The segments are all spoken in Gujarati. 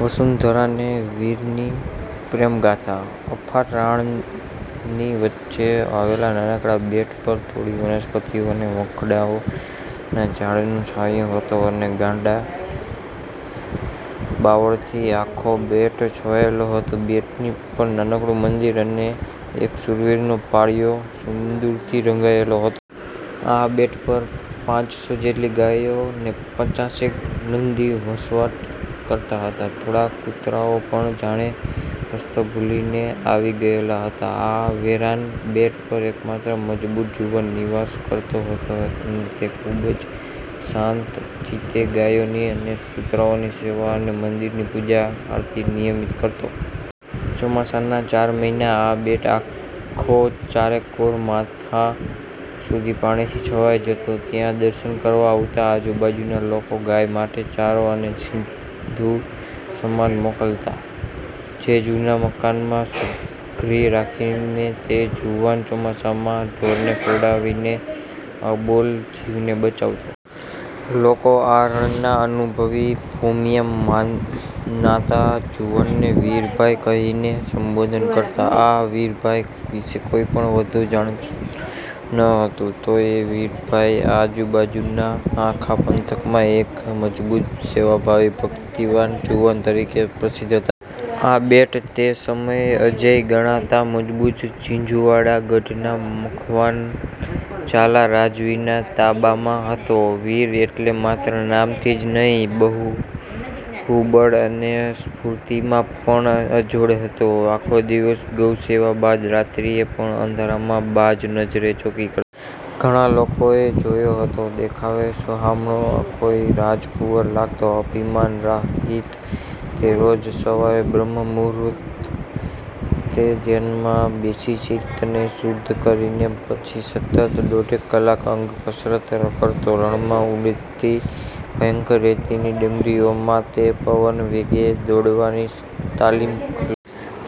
વસુંધરા ને વીરની પ્રેમગાથા:- અફાટ રણની વચ્ચે આવેલ નાનકડાં બેટ પર થોડી વનસ્પતિઓ અને વખડાઓનાં ઝાડનો છાંયો હતો અને ગાંડા બાવળથી આખો બેટ છવાયેલો હતો. બેટની ઉપર નાનકડું મંદીર અને એક શૂરવીરનો પાળિયો સિંદૂરથી રંગાયેલો હતો. આ બેટ પર પાંચસો જેટલી ગાયો ને પચાસેક નંદી વસવાટ કરતા હતાં. થોડા કુતરાઓ પણ જાણે રસ્તો ભૂલીને આવી ગયેલાં હતાં. આ વેરાન બેટ પર એકમાત્ર મજબૂત જુવાન નિવાસ કરતો હતો, અને તે ખુબ જ શાંત ચિત્તે ગાયોની અને કૂતરાઓની સેવા અને મંદિરની પૂજા આરતી નિયમિત કરતો. ચોમાસાનાં ચાર મહિના આ બેટ આખો ચારેકોર માથાં સુધી પાણીથી છવાઈ જતો, ત્યાં દર્શન કરવા આવતાં આજુબાજુના લોકો ગાય માટે ચારો અને સીધું સમાન મોકલતા, જે જુના મકાનમાં સંઘરી રાખીને તે જુવાન ચોમાસામાં ઢોરને ખવડાવીને અબોલ જીવોને બચાવતો. લોકો આ રણનાં અનુભવી ભોમિયા મનાતાં જુવાનને વીરભાઈ કહીને સંબોધન કરતા. આ વીરભાઈ વિશે કોઈ પણ વઘુ જાણતું ન હતું. તોયે વીરભાઈ આજુ-બાજુનાં આખા પંથકમાં એક મજબૂત સેવાભાવી ભક્તિવાન જુવાન તરીકે પ્રસિદ્ધ હતો. આ બેટ તે સમયે અજેય ગણાતા મજબૂત ઝીંઝુવાડા ગઢના મખવાન ઝાલા રાજવીના તાબામાં હતો. વીર એટલે માત્ર નામથી જ નહીં, બાહુબળ અને સ્ફૂર્તિમાં પણ અજોડ હતો. આખો દિવસ ગૌસેવા બાદ રાત્રીએ પણ અંધારામાં બાજ નજરે ચોકી કરતો. ઘણાં લોકોએ જોયો હતો. દેખાવે સોહામણો, કોઈ રાજકુંવર લાગતો. અભિમાન રહિત તે રોજ સવારે બ્રહ્મ મુર્હુતે ધ્યાનમાં બેસી ચિત્તને શુદ્ધ કરીને પછી સતત દોઢેક કલાક અંગ કસરત કરતો. રણમાં ઊડતી ભયંકર રેતની ડમરીઓમાં તે પવનવેગે દોડવાની તાલિમ.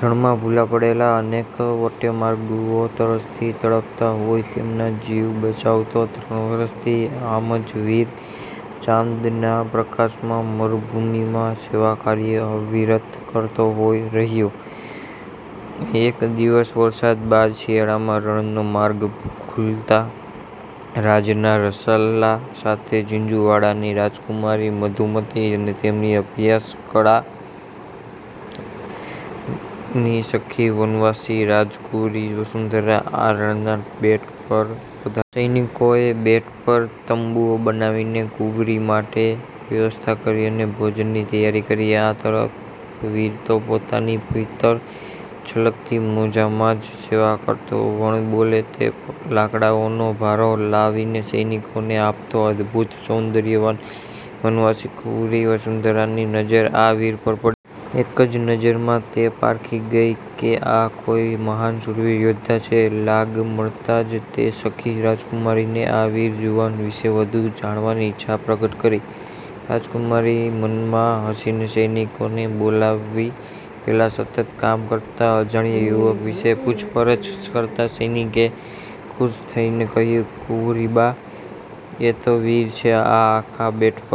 રણમાં ભુલા પડેલાં અનેક વટેમાર્ગુઓ તરસથી તડપતાં હોય તેમનાં જીવ બચાવતો. ત્રણ વર્ષથી આમ જ વીર, ચાંદનાં પ્રકાશમાં મરુભૂમિમાં સેવાકાર્ય અવિરત કરતો રહયો. એક દિવસ વરસાદ બાદ શિયાળામાં રણનો માર્ગ ખૂલતાં રાજનાં રસાલા સાથે ઝીંઝુવાડાની રાજકુમારી મધુમતી અને તેમની અભ્યાસકાળની સખી વનવાસી રાજકુંવરી વસુંધરા આ રણનાં બેટ પર પધાર્યા. સૈનિકોએ બેટ પર તંબુઓ બનાવીને કૂંવરી માટે વ્યવસ્થા કરી અને ભોજનની તૈયારી કરી. આ તરફ વીર તો પોતાની ભીતર છલકતી મોજમાં જ સેવા કરતો. વણબોલે તે લાકડાઓનો ભારો લાવીને સૈનિકોને આપતો. અદભુત સૌંદર્યવાન વનવાસી કૂંવરી વસુંધરાની નજ઼ર આ વીર પર પડી. એક જ નજરમાં તે પારખી ગઈ કે આ કોઈ મહાન શૂરવીર યૌદ્ધા છે. લાગ મળતાં જ તે સખી રાજકુમારીને આ વીર જુવાન વિશે વધુ જાણવાની ઈચ્છા પ્રગટ કરી. રાજકુમારી મનમાં હસીને સૈનિકોને બોલાવી પેલા સતત કામ કરતા અજાણ્યાં યુવક વિશે પૂછપરછ કરતાં સૈનિકે ખુશ થઈને કહ્યું,"કુંવરીબા, એ તો વીર છે. આ આખા બેટ પર